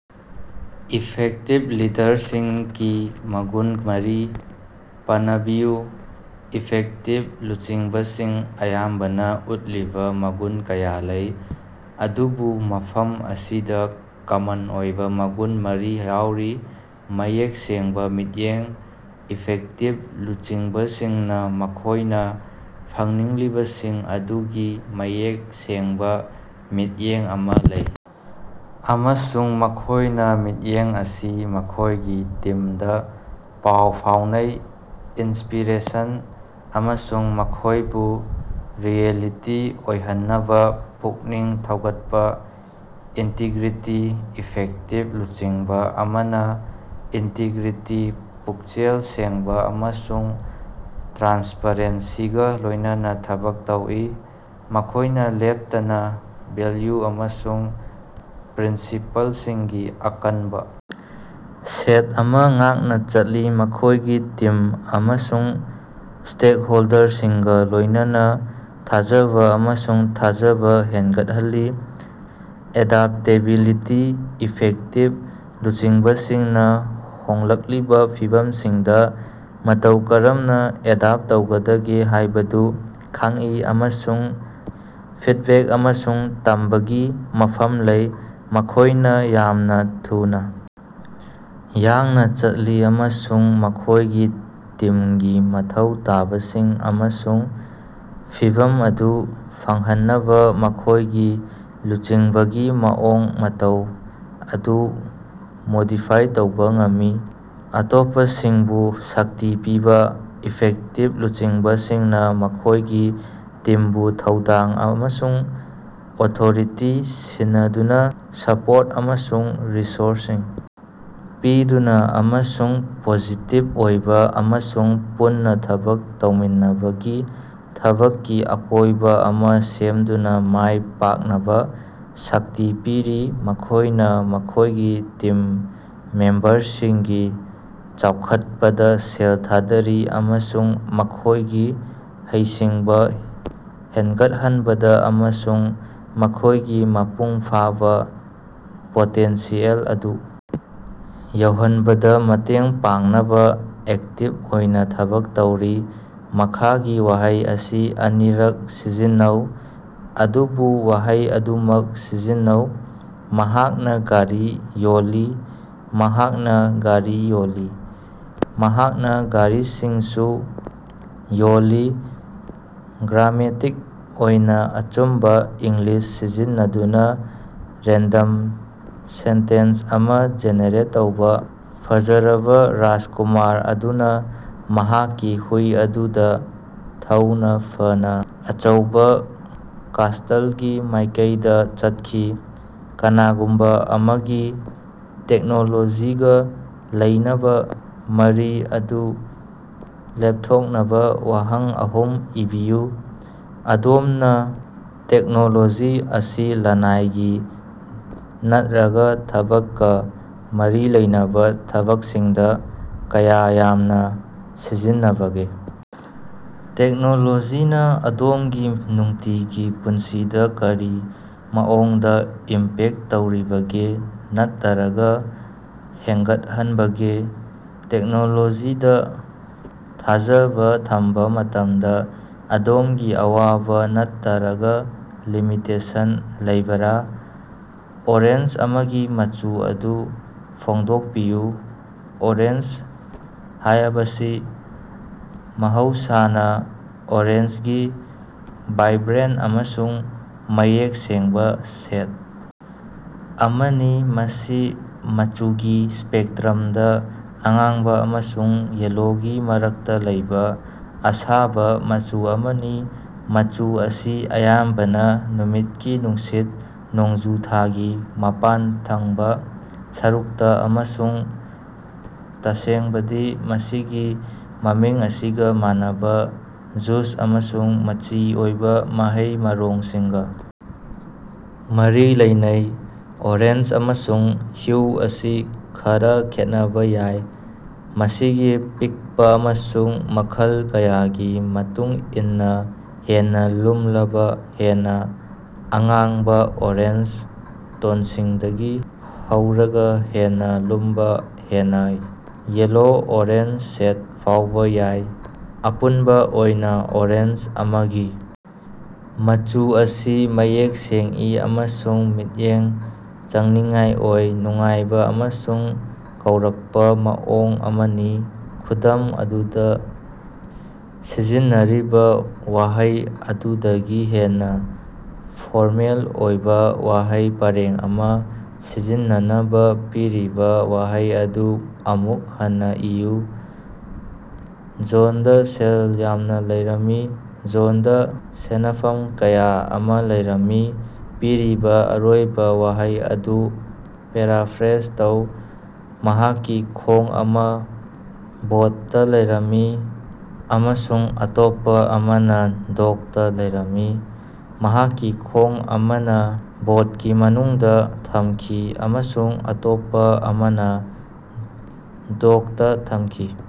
Effective ꯂꯤꯗꯔꯁꯤꯞꯀꯤ ꯃꯒꯨꯟ ꯃꯔꯤ ꯄꯅꯕꯤꯌꯨ꯫ Effective ꯂꯨꯆꯤꯡꯕꯁꯤꯡ ꯑꯌꯥꯝꯕꯅ ꯎꯠꯂꯤꯕ ꯃꯒꯨꯟ ꯀꯌꯥ ꯂꯩ, ꯑꯗꯨꯕꯨ ꯃꯐꯝ ꯑꯁꯤꯗ ꯀꯃꯟ ꯑꯣꯏꯕ ꯃꯒꯨꯟ ꯃꯔꯤ ꯌꯥꯎꯔꯤ: ꯃꯌꯦꯛ ꯁꯦꯡꯕ ꯃꯤꯠꯌꯦꯡ: ꯏꯐꯦꯛꯇꯤꯞ ꯂꯨꯆꯤꯡꯕꯁꯤꯡꯅ ꯃꯈꯣꯏꯅ ꯐꯪꯅꯤꯡꯂꯤꯕꯁꯤꯡ ꯑꯗꯨꯒꯤ ꯃꯌꯦꯛ ꯁꯦꯡꯕ ꯃꯤꯠꯌꯦꯡ ꯑꯃ ꯂꯩ, ꯑꯃꯁꯨꯡ ꯃꯈꯣꯏꯅ ꯃꯤꯠꯌꯦꯡ ꯑꯁꯤ ꯃꯈꯣꯏꯒꯤ ꯇꯤꯝꯗ ꯄꯥꯎ ꯐꯥꯎꯅꯩ, ꯏꯟꯁꯄꯤꯔꯦꯁꯟ ꯑꯃꯁꯨꯡ ꯃꯈꯣꯏꯕꯨ ꯔꯤꯑꯦꯂꯤꯇꯤ ꯑꯣꯏꯍꯟꯅꯕ ꯄꯨꯛꯅꯤꯡ ꯊꯧꯒꯠꯄ꯫ ꯏꯟꯇꯤꯒ꯭ꯔꯤꯇꯤ: ꯏꯐꯦꯛꯇꯤꯞ ꯂꯨꯆꯤꯡꯕ ꯑꯃꯅ ꯏꯟꯇꯤꯒ꯭ꯔꯤꯇꯤ, ꯄꯨꯛꯆꯦꯜ ꯁꯦꯡꯕ ꯑꯃꯁꯨꯡ ꯇ꯭ꯔꯥꯟꯁꯄꯔꯦꯟꯁꯤꯒ ꯂꯣꯏꯅꯅ ꯊꯕꯛ ꯇꯧꯏ꯫ ꯃꯈꯣꯏꯅ ꯂꯦꯞꯇꯅ ꯚꯦꯜꯌꯨ ꯑꯃꯁꯨꯡ ꯄ꯭ꯔꯤꯟꯁꯤꯄꯜꯁꯤꯡꯒꯤ ꯑꯀꯟꯕ ꯁꯦꯠ ꯑꯃ ꯉꯥꯛꯅ ꯆꯠꯂꯤ, ꯃꯈꯣꯏꯒꯤ ꯇꯤꯝ ꯑꯃꯁꯨꯡ ꯁ꯭ꯇꯦꯛꯍꯣꯜꯗꯔꯁꯤꯡꯒ ꯂꯣꯏꯅꯅ ꯊꯥꯖꯕ ꯑꯃꯁꯨꯡ ꯊꯥꯖꯕ ꯍꯦꯟꯒꯠꯍꯜꯂꯤ꯫ ꯑꯦꯗꯥꯞꯇꯦꯕꯤꯂꯤꯇꯤ: ꯏꯐꯦꯛꯇꯤꯕ ꯂꯨꯆꯤꯡꯕꯁꯤꯡꯅ ꯍꯣꯡꯂꯛꯂꯤꯕ ꯐꯤꯚꯝꯁꯤꯡꯗ ꯃꯇꯧ ꯀꯔꯝꯅ ꯑꯦꯗꯥꯞ ꯇꯧꯒꯗꯒꯦ ꯍꯥꯏꯕꯗꯨ ꯈꯪꯏ ꯑꯃꯁꯨꯡ ꯐꯤꯗꯕꯦꯛ ꯑꯃꯁꯨꯡ ꯇꯝꯕꯒꯤ ꯃꯐꯝ ꯂꯩ꯫ ꯃꯈꯣꯏꯅ ꯌꯥꯝꯅ ꯊꯨꯅ ꯌꯥꯡꯅ ꯆꯠꯂꯤ ꯑꯃꯁꯨꯡ ꯃꯈꯣꯏꯒꯤ ꯇꯤꯝꯒꯤ ꯃꯊꯧ ꯇꯥꯕꯁꯤꯡ ꯑꯃꯁꯨꯡ ꯐꯤꯚꯝ ꯑꯗꯨ ꯐꯪꯍꯟꯅꯕ ꯃꯈꯣꯏꯒꯤ ꯂꯨꯆꯤꯡꯕꯒꯤ ꯃꯑꯣꯡ ꯃꯇꯧ ꯑꯗꯨ ꯃꯣꯗꯤꯐꯥꯏ ꯇꯧꯕ ꯉꯝꯃꯤ꯫ ꯑꯇꯣꯞꯄꯁꯤꯡꯕꯨ ꯁꯛꯇꯤ ꯄꯤꯕ: ꯏꯐꯦꯛꯇꯤꯞ ꯂꯨꯆꯤꯡꯕꯁꯤꯡꯅ ꯃꯈꯣꯏꯒꯤ ꯇꯤꯝꯕꯨ ꯊꯧꯗꯥꯡ ꯑꯃꯁꯨꯡ ꯑꯣꯊꯣꯔꯤꯇꯤ ꯁꯤꯟꯅꯗꯨꯅ, ꯁꯄꯣꯔꯠ ꯑꯃꯁꯨꯡ ꯔꯤꯁꯣꯔꯁꯁꯤꯡ ꯄꯤꯗꯨꯅ, ꯑꯃꯁꯨꯡ ꯄꯣꯖꯤꯇꯤꯞ ꯑꯣꯏꯕ ꯑꯃꯁꯨꯡ ꯄꯨꯟꯅ ꯊꯕꯛ ꯇꯧꯃꯤꯟꯅꯕꯒꯤ ꯊꯕꯛꯀꯤ ꯑꯀꯣꯏꯕ ꯑꯃ ꯁꯦꯝꯗꯨꯅ ꯃꯥꯏ ꯄꯥꯛꯅꯕ ꯁꯛꯇꯤ ꯄꯤꯔꯤ꯫ ꯃꯈꯣꯏꯅ ꯃꯈꯣꯏꯒꯤ ꯇꯤꯝ ꯃꯦꯝꯕꯔꯁꯤꯡꯒꯤ ꯆꯥꯎꯈꯠꯄꯗ ꯁꯦꯜ ꯊꯥꯗꯔꯤ ꯑꯃꯁꯨꯡ ꯃꯈꯣꯏꯒꯤ ꯍꯩꯁꯤꯡꯕ ꯍꯦꯟꯒꯠꯍꯟꯕꯗ ꯑꯃꯁꯨꯡ ꯃꯈꯣꯏꯒꯤ ꯃꯄꯨꯡ ꯐꯥꯕꯥ ꯄꯣꯇꯦꯟꯁꯤꯌꯦꯜ ꯑꯗꯨ ꯌꯧꯍꯟꯕꯗ ꯃꯇꯦꯡ ꯄꯥꯡꯅꯕ ꯑꯦꯛꯇꯤꯞ ꯑꯣꯏꯅ ꯊꯕꯛ ꯇꯧꯔꯤ꯫ ꯃꯈꯥꯒꯤ ꯋꯥꯍꯩ ꯑꯁꯤ ꯑꯅꯤꯔꯛ ꯁꯤꯖꯤꯟꯅꯧ ꯑꯗꯨꯕꯨ ꯋꯥꯍꯩ ꯑꯗꯨꯃꯛ ꯁꯤꯖꯤꯟꯅꯧ꯫ ꯃꯍꯥꯛꯅ ꯒꯥꯔꯤ ꯌꯣꯜꯂꯤ꯫ ꯃꯍꯥꯛꯅꯥ ꯒꯥꯔꯤ ꯌꯣꯜꯂꯤ꯫ ꯃꯍꯥꯛꯅ ꯒꯥꯔꯤꯁꯤꯡꯁꯨ ꯌꯣꯜꯂꯤ꯫ ꯒ꯭ꯔꯥꯃꯦꯇꯤꯛ ꯑꯣꯏꯅ ꯑꯆꯨꯝꯕꯥ ꯏꯪꯂꯤꯁ ꯁꯤꯖꯤꯟꯅꯗꯨꯅ ꯔꯦꯟꯗꯝ ꯁꯦꯟꯇꯦꯟꯁ ꯑꯃ ꯖꯦꯅꯦꯔꯦꯠ ꯇꯧꯕ꯫ ꯐꯖꯔꯕ ꯔꯥꯖꯀꯨꯃꯥꯔ ꯑꯗꯨꯅ ꯃꯍꯥꯛꯀꯤ ꯍꯨꯏ ꯑꯗꯨꯗ ꯊꯧꯅ ꯐꯅ ꯑꯆꯧꯕꯥ ꯀꯥꯁꯇꯜꯒꯤ ꯃꯥꯏꯀꯩꯗ ꯆꯠꯈꯤ꯫ ꯀꯅꯥꯒꯨꯝꯕ ꯑꯃꯒꯤ ꯇꯦꯛꯅꯣꯂꯣꯖꯤꯒ ꯂꯩꯅꯕ ꯃꯔꯤ ꯑꯗꯨ ꯂꯦꯞꯊꯣꯛꯅꯕ ꯋꯥꯍꯪ ꯑꯍꯨꯝ ꯏꯕꯤꯌꯨ꯫ ꯑꯗꯣꯝꯅꯥ ꯇꯦꯛꯅꯣꯂꯣꯖꯤ ꯑꯁꯤ ꯂꯅꯥꯏꯒꯤ ꯅꯠꯔꯒꯥ ꯊꯕꯛꯀ ꯃꯔꯤ ꯂꯩꯅꯕ ꯊꯕꯛꯁꯤꯡꯗ ꯀꯌꯥ ꯌꯥꯝꯅ ꯁꯤꯖꯤꯟꯅꯕꯒꯦ? ꯇꯦꯛꯅꯣꯂꯣꯖꯤꯅ ꯑꯗꯣꯝꯒꯤ ꯅꯨꯡꯇꯤꯒꯤ ꯄꯨꯟꯁꯤꯗ ꯀꯔꯤ ꯃꯑꯣꯡꯗ ꯏꯝꯄꯦꯛ ꯇꯧꯔꯤꯕꯒꯦ ꯅꯠꯇꯔꯒ ꯍꯦꯡꯒꯠꯍꯟꯕꯒꯦ? ꯇꯦꯛꯅꯣꯂꯣꯖꯤꯗ ꯊꯥꯖꯕ ꯊꯝꯕ ꯃꯇꯝꯗ ꯑꯗꯣꯝꯒꯤ ꯑꯋꯥꯕ ꯅꯠꯇꯔꯒ ꯂꯤꯃꯤꯇꯦꯁꯟ ꯂꯩꯕꯔꯥ? ꯑꯣꯔꯦꯟꯖ ꯑꯃꯒꯤ ꯃꯆꯨ ꯑꯗꯨ ꯐꯣꯡꯗꯣꯛꯄꯤꯌꯨ꯫ ꯑꯣꯔꯦꯟꯖ ꯍꯥꯌꯕꯁꯤ ꯃꯍꯧꯁꯥꯅꯥ ꯑꯣꯔꯦꯟꯖꯒꯤ ꯕꯥꯏꯕ꯭ꯔꯦꯟꯠ ꯑꯃꯁꯨꯡ ꯃꯌꯦꯛ ꯁꯦꯡꯕ ꯁꯦꯗ ꯑꯃꯅꯤ, ꯃꯁꯤ ꯃꯆꯨꯒꯤ ꯁ꯭ꯄꯦꯛꯇ꯭ꯔꯝꯗ ꯑꯉꯥꯡꯕ ꯑꯃꯁꯨꯡ ꯌꯦꯜꯂꯣꯒꯤ ꯃꯔꯛꯇ ꯂꯩꯕ ꯑꯁꯥꯕ ꯃꯆꯨ ꯑꯃꯅꯤ꯫ ꯃꯆꯨ ꯑꯁꯤ ꯑꯌꯥꯝꯕꯅ ꯅꯨꯃꯤꯠꯀꯤ ꯅꯨꯡꯁꯤꯠ, ꯅꯣꯡꯖꯨ ꯊꯥꯒꯤ ꯃꯄꯥꯟ ꯊꯪꯕꯥ ꯁꯔꯨꯛꯇ, ꯑꯃꯁꯨꯡ ꯇꯁꯦꯡꯕꯗꯤ, ꯃꯁꯤꯒꯤ ꯃꯃꯤꯡ ꯑꯁꯤꯒ ꯃꯥꯟꯅꯕ ꯖꯨꯁ ꯑꯃꯁꯨꯡ ꯃꯆꯤ ꯑꯣꯏꯕ ꯃꯍꯩ-ꯃꯔꯣꯡꯁꯤꯡꯒ ꯃꯔꯤ ꯂꯩꯅꯩ꯫ ꯑꯣꯔꯦꯟꯖ ꯑꯃꯒꯤ ꯍ꯭ꯌꯨ ꯑꯁꯤ ꯈꯔ ꯈꯦꯠꯅꯕ ꯌꯥꯏ, ꯃꯁꯤꯒꯤ ꯄꯤꯛꯄ ꯑꯃꯁꯨꯡ ꯃꯈꯜ ꯀꯌꯥꯒꯤ ꯃꯇꯨꯡ ꯏꯟꯅ ꯍꯦꯟꯅ ꯂꯨꯝꯂꯕ, ꯍꯦꯟꯅ ꯑꯉꯥꯡꯕ-ꯑꯣꯔꯦꯟꯖ ꯇꯣꯟꯁꯤꯡꯗꯒꯤ ꯍꯧꯔꯒ ꯍꯦꯟꯅ ꯂꯨꯝꯕ, ꯍꯦꯟꯅ ꯌꯦꯜꯂꯣ-ꯑꯣꯔꯦꯟꯖ ꯁꯦꯗ ꯐꯥꯎꯕ ꯌꯥꯏ꯫ ꯑꯄꯨꯟꯕ ꯑꯣꯏꯅ ꯑꯣꯔꯦꯟꯖ ꯑꯃꯒꯤ ꯃꯆꯨ ꯑꯁꯤ ꯃꯌꯦꯛ ꯁꯦꯡꯏ ꯑꯃꯁꯨꯡ ꯃꯤꯠꯌꯦꯡ ꯆꯪꯅꯤꯡꯉꯥꯏ ꯑꯣꯏ, ꯅꯨꯡꯉꯥꯏꯕ ꯑꯃꯁꯨꯡ ꯀꯧꯔꯛꯄ ꯃꯑꯣꯡ ꯑꯃꯅꯤ꯫ ꯈꯨꯗꯝ ꯑꯗꯨꯗ ꯁꯤꯖꯤꯟꯅꯔꯤꯕ ꯋꯥꯍꯩ ꯑꯗꯨꯗꯒꯤ ꯍꯦꯟꯅ ꯐꯣꯔꯃꯦꯜ ꯑꯣꯏꯕ ꯋꯥꯍꯩ ꯄꯔꯦꯡ ꯑꯃ ꯁꯤꯖꯤꯟꯅꯅꯕ ꯄꯤꯔꯤꯕ ꯋꯥꯍꯩ ꯑꯗꯨ ꯑꯃꯨꯛ ꯍꯟꯅ ꯏꯌꯨ꯫ ꯖꯣꯟꯗ ꯁꯦꯜ ꯌꯥꯝꯅ ꯂꯩꯔꯝꯃꯤ꯫ ꯖꯣꯟꯗ ꯁꯦꯅꯐꯝ ꯀꯌꯥ ꯑꯃ ꯂꯩꯔꯝꯃꯤ꯫ ꯄꯤꯔꯤꯕꯥ ꯑꯔꯣꯏꯕ ꯋꯥꯍꯩ ꯑꯗꯨ ꯄꯦꯔꯥꯐ꯭ꯔꯦꯖ ꯇꯧ꯫ ꯃꯍꯥꯛꯀꯤ ꯈꯣꯡ ꯑꯃ ꯕꯣꯠꯇ ꯂꯩꯔꯝꯃꯤ ꯑꯃꯁꯨꯡ ꯑꯇꯣꯞꯄꯥ ꯑꯃꯅꯥ ꯗꯣꯛꯇ ꯂꯩꯔꯝꯃꯤ꯫ ꯃꯍꯥꯛꯀꯤ ꯈꯣꯡ ꯑꯃꯅꯥ ꯕꯣꯠꯀꯤ ꯃꯅꯨꯡꯗ ꯊꯝꯈꯤ ꯑꯃꯁꯨꯡ ꯑꯇꯣꯞꯄ ꯑꯃꯅꯥ ꯗꯣꯛꯇꯥ ꯊꯝꯈꯤ꯫।